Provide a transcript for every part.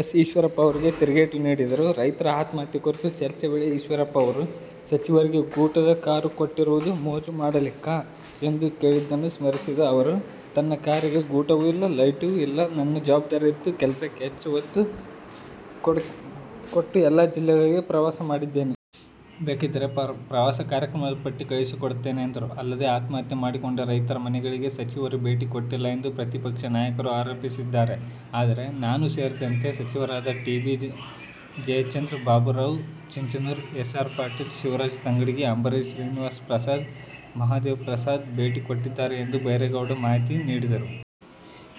S. Eshwarappa ಅವರಿಗೆ ತಿರುಗೇಟು ನೀಡಿದರು. ರೈತರ ಆತ್ಮಹತ್ಯೆ ಕುರಿತ ಚರ್ಚೆ ವೇಳೆ ಈಶ್ವರಪ್ಪ ಅವರು "ಸಚಿವರಿಗೆ ಗೂಟದ ಕಾರು ಕೊಟ್ಟಿರುವುದು ಮೋಜು ಮಾಡಲಿಕ್ಕಾ' ಎಂದು ಕೇಳಿದ್ದನ್ನು ಸ್ಮರಿಸಿದ ಅವರು, ನನ್ನ ಕಾರಿಗೆ ಗೂಟವೂ ಇಲ್ಲ, ಲೈಟೂ ಇಲ್ಲ. ನನ್ನ ಜವಾಬ್ದಾರಿ ಅರಿತು ಕೆಲಸಕ್ಕೆ ಹೆಚ್ಚು ಒತ್ತು ಕೊಟ್ಟು ಎಲ್ಲ ಜಿಲ್ಲೆಗಳಿಗೆ ಪ್ರವಾಸ ಮಾಡಿದ್ದೇನೆ. ಬೇಕಿದ್ದರೆ ಪ್ರವಾಸ ಕಾರ್ಯಕ್ರಮದ ಪಟ್ಟಿ ಕಳಿಸಿಕೊಡುತ್ತೇನೆ ಎಂದರು. ಅಲ್ಲದೇ ಆತ್ಮಹತ್ಯೆ ಮಾಡಿಕೊಂಡ ರೈತರ ಮನೆಗಳಿಗೆ ಸಚಿವರು ಭೇಟಿ ಕೊಟ್ಟಿಲ್ಲ ಎಂದು ಪ್ರತಿಪಕ್ಷ ನಾಯಕರು ಆರೋಪಿಸಿದ್ದಾರೆ. ಆದರೆ, ನಾನೂ ಸೇರಿದಂತೆ ಸಚಿವರಾದ T. B. Jayachandra, Baburao Chinchansur, S. R. Patil, Shivaraj Tangadagi, Ambareesh, Srinivasprasad, Mahadevprasad ಭೇಟಿ ಕೊಟ್ಟಿದ್ದಾರೆ ಎಂದು ಬೈರೇಗೌಡ ಮಾಹಿತಿ ನೀಡಿದರು.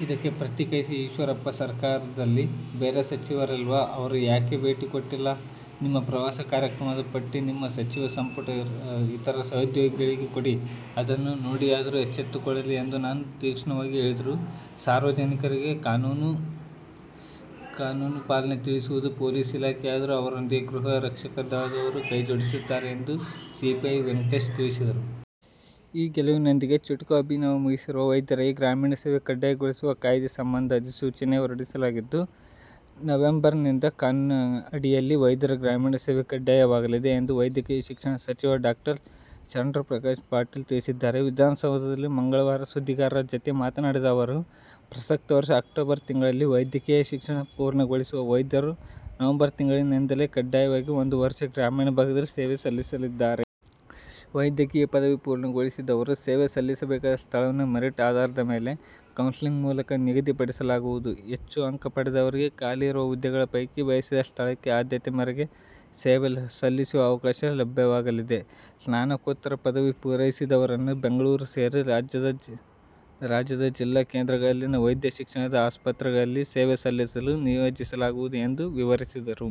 ಇದಕ್ಕೆ ಪ್ರತಿಕ್ರಿಯಿಸಿದ ಈಶ್ವರಪ್ಪ, ಸರ್ಕಾರದಲ್ಲಿ ಬೇರೆ ಸಚಿವರಿಲ್ವಾ, ಅವರು ಯಾಕೆ ಭೇಟಿ ಕೊಟ್ಟಿಲ್ಲ. ನಿಮ್ಮ ಪ್ರವಾಸ ಕಾರ್ಯಕ್ರಮದ ಪಟ್ಟಿ ನಿಮ್ಮ ಸಚಿವ ಸಂಪುಟದ ಇತರ ಸಹೋದ್ಯೋಗಿಗಳಿಗೆ ಕೊಡಿ, ಅದನ್ನು ನೋಡಿಯಾದರೂ ಎಚ್ಚೆತ್ತುಕೊಳ್ಳಲಿ ಎಂದು ತೀಕ್ಷ್ಣವಾಗಿ ಹೇಳಿದರು. ಸಾರ್ವಜನಿಕರಿಗೆ ಕಾನೂನು ಪಾಲನೆ ತಿಳಿಸುವುದು ಪೊಲೀಸ್ ಇಲಾಖೆಯಾದರೂ ಅವರೊಂದಿಗೆ ಗೃಹ ರಕ್ಷಕ ದಳದವರು ಕೈಜೋಡಿಸುತ್ತಾರೆ ಎಂದು ಸಿಪಿಐ ವೆಂಕಟೇಶ್ ತಿಳಿಸಿದರು. ಈ ಗೆಲುವಿನೊಂದಿಗೆ ಚುಟುಕು ಅಭಿಯಾನ ಮುಗಿಸಿದೆ. ವೈದ್ಯರಿಗೆ ಗ್ರಾಮೀಣ ಸೇವೆ ಕಡ್ಡಾಯಗೊಳಿಸುವ ಕಾಯ್ದೆ ಸಂಬಂಧ ಅಧಿಸೂಚನೆ ಹೊರಡಿಸಲಾಗಿದ್ದು, ನವೆಂಬರ್ನಿಂದ ಈ ಕಾನೂನಿನ ಅಡಿಯಲ್ಲಿ ವೈದ್ಯರ ಗ್ರಾಮೀಣ ಸೇವೆ ಕಡ್ಡಾಯವಾಗಲಿದೆ ಎಂದು ವೈದ್ಯಕೀಯ ಶಿಕ್ಷಣ ಸಚಿವ ಡಾ. ಶರಣ್ಪ್ರಕಾಶ್ ಪಾಟೀಲ್ ತಿಳಿಸಿದ್ದಾರೆ. ವಿಧಾನಸೌಧದಲ್ಲಿ ಮಂಗಳವಾರ ಸುದ್ದಿಗಾರರ ಜತೆ ಮಾತನಾಡಿದ ಅವರು, ಪ್ರಸಕ್ತ ವರ್ಷ ಅಕ್ಟೋಬರ್ ತಿಂಗಳಲ್ಲಿ ವೈದ್ಯಕೀಯ ಶಿಕ್ಷಣ ಪೂರ್ಣಗೊಳಿಸುವ ವೈದ್ಯರು ನವೆಂಬರ್ ತಿಂಗಳಿನಿಂದಲೇ ಕಡ್ಡಾಯವಾಗಿ ಒಂದು ವರ್ಷ ಗ್ರಾಮೀಣ ಭಾಗದಲ್ಲಿ ಸೇವೆ ಸಲ್ಲಿಸಲ್ಲಿದ್ದಾರೆ. ವೈದ್ಯಕೀಯ ಪದವಿ ಪೂರ್ಣಗೊಳಿಸಿದವರು ಸೇವೆ ಸಲ್ಲಿಸಬೇಕಾದ ಸ್ಥಳವನ್ನು ಮೆರಿಟ್ ಆಧಾರದ ಮೇಲೆ, ಕೌನ್ಸೆಲಿಂಗ್ ಮೂಲಕ ನಿಗದಿಪಡಿಸಲಾಗುವುದು. ಹೆಚ್ಚು ಅಂಕ ಪಡೆದವರಿಗೆ ಖಾಲಿ ಇರುವ ಹುದ್ದೆಗಳ ಪೈಕಿ ಬಯಸಿದ ಸ್ಥಳಕ್ಕೆ ಆದ್ಯತೆ ಮೇರೆಗೆ ಸೇವೆ ಸಲ್ಲಿಸುವ ಅವಕಾಶ ಲಭ್ಯವಾಗಲಿದೆ. ಸ್ನಾತಕೋತ್ತರ ಪದವಿ ಪೂರೈಸಿದವರನ್ನು ಬೆಂಗಳೂರು ಸೇರಿ ರಾಜ್ಯದ ಜಿಲ್ಲಾ ಕೇಂದ್ರಗಳಲ್ಲಿನ ವೈದ್ಯ ಶಿಕ್ಷಣದ ಆಸ್ಪತ್ರೆಗಳಲ್ಲಿ ಸೇವೆ ಸಲ್ಲಿಸಲು ನಿಯೋಜಿಸಲಾಗುವುದು ಎಂದು ವಿವರಿಸಿದರು.